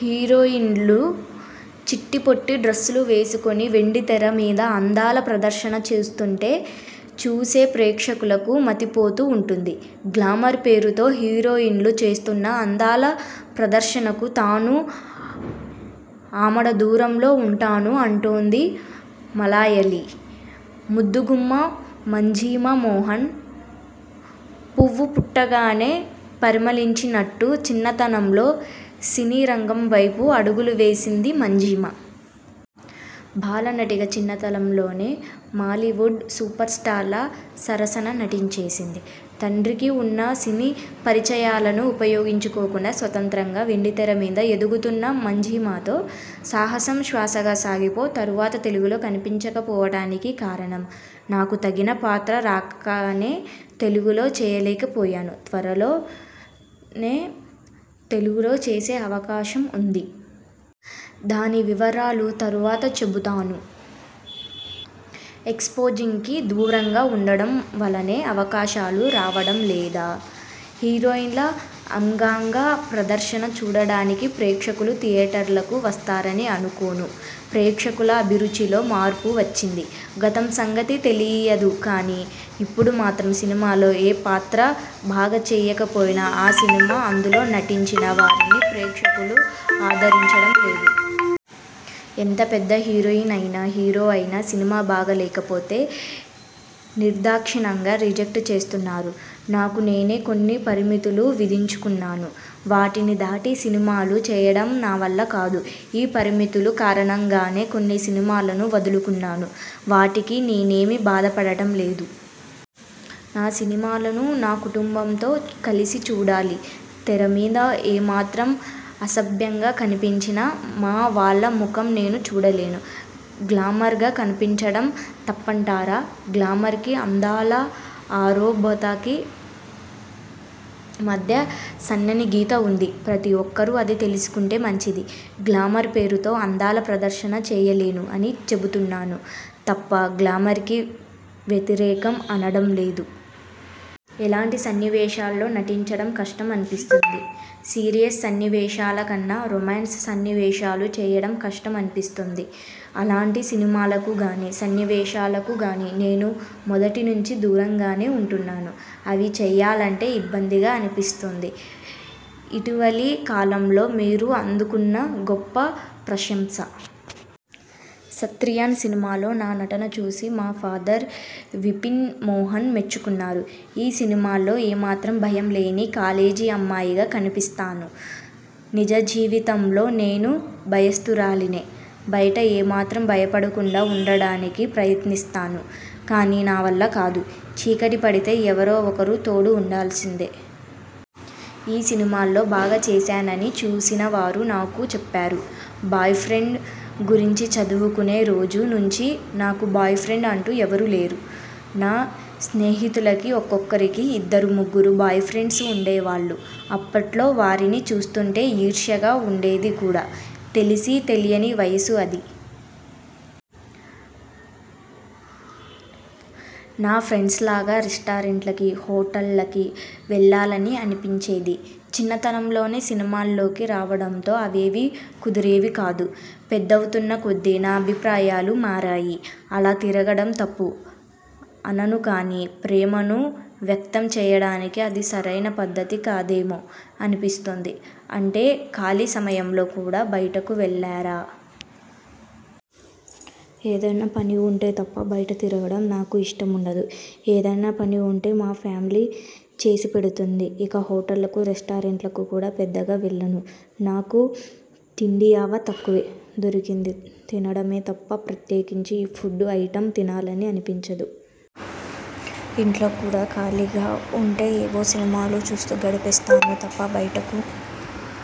హీరోయిన్లు చిట్టిపొట్టి డ్రస్సులు వేసుకొని వెండితెర మీద అందాల ప్రదర్శన చేస్తుంటే చూసే ప్రేక్షకులకు మతిపోతూ ఉంటుంది. గ్లామర్ పేరుతో హీరోయిన్లు చేస్తున్న అందాల ప్రదర్శనకు తాను ఆమడదూరంలో ఉంటాను అంటోంది మలాయళీ ముద్దుగుమ్మ మంజీమా మోహన్. పువ్వు పుట్టగానే పరిమళించినట్టు చిన్నతనంలో సినీరంగం వైపు అడుగులు వేసింది మంజీమా. బాలనటిగా చిన్నతనంలోనే మాలీవుడ్ సూపర్ స్టార్ల సరసన నటించేసింది. తండ్రికి ఉన్న సినీ పరిచయాలను ఉపయోగించుకోకుండా స్వతంత్రంగా వెండితెర మీద ఎదుగుతున్న మంజీమాతో'సాహసం శ్వాసగా సాగిపో' తరువాత తెలుగులో కనిపించకపోవడానికి కారణం? నాకు తగిన పాత్ర రాకనే తెలుగులో చేయలేకపోయాను. త్వరలోనే తెలుగులో చేసే అవకాశం ఉంది. దాని వివరాలు తరువాత చెబుతాను. ఎక్స్పోజింగ్కి దూరంగా ఉండడం వలనే అవకాశాలు రావడం లేదా? హీరోయిన్ల అంగాంగ ప్రదర్శన చూడడానికే ప్రేక్షకులు థియేటర్లకు వస్తారని అనుకోను. ప్రేక్షకుల అభిరుచిలో మార్పు వచ్చింది. గతం సంగతి తెలియదు కానీ, ఇప్పుడు మాత్రం సినిమాలో ఏ పాత్ర బాగా చేయకపోయినా ఆ సినిమానూ, అందులో నటించిన వారిని ప్రేక్షకులు ఆదరించడం లేదు. ఎంత పెద్ద హీరోయిన్ అయినా, హీరో అయినా సినిమా బాగా లేకపోతే నిర్దాక్షిణంగా రిజెక్ట్ చేస్తున్నారు. నాకు నేనే కొన్ని పరిమితులు విధించుకున్నాను. వాటిని దాటి సినిమాలు చేయడం నా వల్ల కాదు. ఈ పరిమితులు కారణంగానే కొన్ని సినిమాలను వదులుకున్నాను. వాటికి నేనేమీ బాధపడటం లేదు. నా సినిమాలను నా కుటుంబంతో కలిసి చూడాలి. తెర మీద ఏమాత్రం అసభ్యంగా కనిపించినా మా వాళ్ళ ముఖం నేను చూడలేను. గ్లామర్గా కనిపించడం తప్పంటారా? గ్లామర్కీ, అందాల ఆరబోతకి మధ్య సన్నని గీత ఉంది. ప్రతి ఒక్కరూ అది తెలుసుకుంటే మంచిది. గ్లామర్ పేరుతో అందాల ప్రదర్శన చేయలేను అని చెబుతున్నాను తప్ప గ్లామర్కి వ్యతిరేకం అనడం లేదు. ఎలాంటి సన్నివేశాలలో నటించడం కష్టం అనిపిస్తుంది? సీరియస్ సన్నివేశాల కన్నా రొమాన్స్ సన్నివేశాలు చేయడం కష్టం అనిపిస్తుంది. అలాంటి సినిమాలకు గానీ, సన్నివేశాలకు గానీ నేను మొదటి నుంచీ దూరంగానే ఉంటున్నాను. అవి చేయాలంటే ఇబ్బందిగా అనిపిస్తుంది. ఇటీవలి కాలంలో మీరు అందుకున్న గొప్ప ప్రశంస? 'సత్రియన్' సినిమాలో నా నటన చూసి మా ఫాదర్ విపిన్ మోహన్ మెచ్చుకున్నారు. ఈ సినిమాలో ఏమాత్రం భయం లేని కాలేజీ అమ్మాయిగా కనిపిస్తాను. నిజజీవితంలో నేను భయస్తురాలినే! బయట ఏమాత్రం భయపడకుండా ఉండడానికి ప్రయత్నిస్తాను కానీ నా వల్ల కాదు. చీకటి పడితే ఎవరో ఒకరు తోడు ఉండాల్సిందే! ఈ సినిమాల్లో బాగా చేసానని చూసిన వారు నాకు చెప్పారు. బాయ్ ఫ్రెండ్ గురించిచదువుకునే రోజు నుంచీ నాకు బాయ్ ఫ్రెండ్ అంటూ ఎవరూ లేరు. నా స్నేహితులకి ఒక్కొక్కరికి ఇద్దరు ముగ్గురు బాయ్ ఫ్రెండ్స్ ఉండేవాళ్ళు. అప్పట్లో వారిని చూస్తుంటే ఈర్ష్యగా ఉండేది కూడా! తెలిసీ తెలియని వయస్సు అది. నా ఫ్రెండ్స్ లాగా రెస్టారెంట్లకీ, హోటళ్ళకి వెళ్ళాలని అనిపించేది. చిన్నతనంలోనే సినిమాల్లోకి రావడంతో అవేవీ కుదిరేవి కాదు. పెద్దవుతున్నకొద్దీ నా అభిప్రాయాలు మారాయి. అలా తిరగడం తప్పు అనను కానీ, ప్రేమను వ్యక్తం చేయడానికి అది సరైన పద్ధతి కాదేమో అనిపిస్తుంది. అంటే ఖాళీ సమయంలో కూడా బయటకు వెళ్ళారా? ఏదన్నా పని ఉంటే తప్ప బయట తిరగడం నాకు ఇష్టం ఉండదు. ఏదన్నా పని ఉంటే మా ఫ్యామిలీ చేసిపెడుతుంది. ఇక హోటళ్ళకు రెస్టారెంట్లకు కూడా పెద్దగా వెళ్ళను నాకు తిండియావ తక్కువే! దొరికింది తినడమే తప్ప ప్రత్యేకించి ఈ ఫుడ్ ఐటెమ్ తినాలని అనిపించదు. ఇంట్లో కూడా ఖాళీగా ఉంటే ఏవో సినిమాలు చూస్తూ గడిపేస్తాను తప్ప బయటకు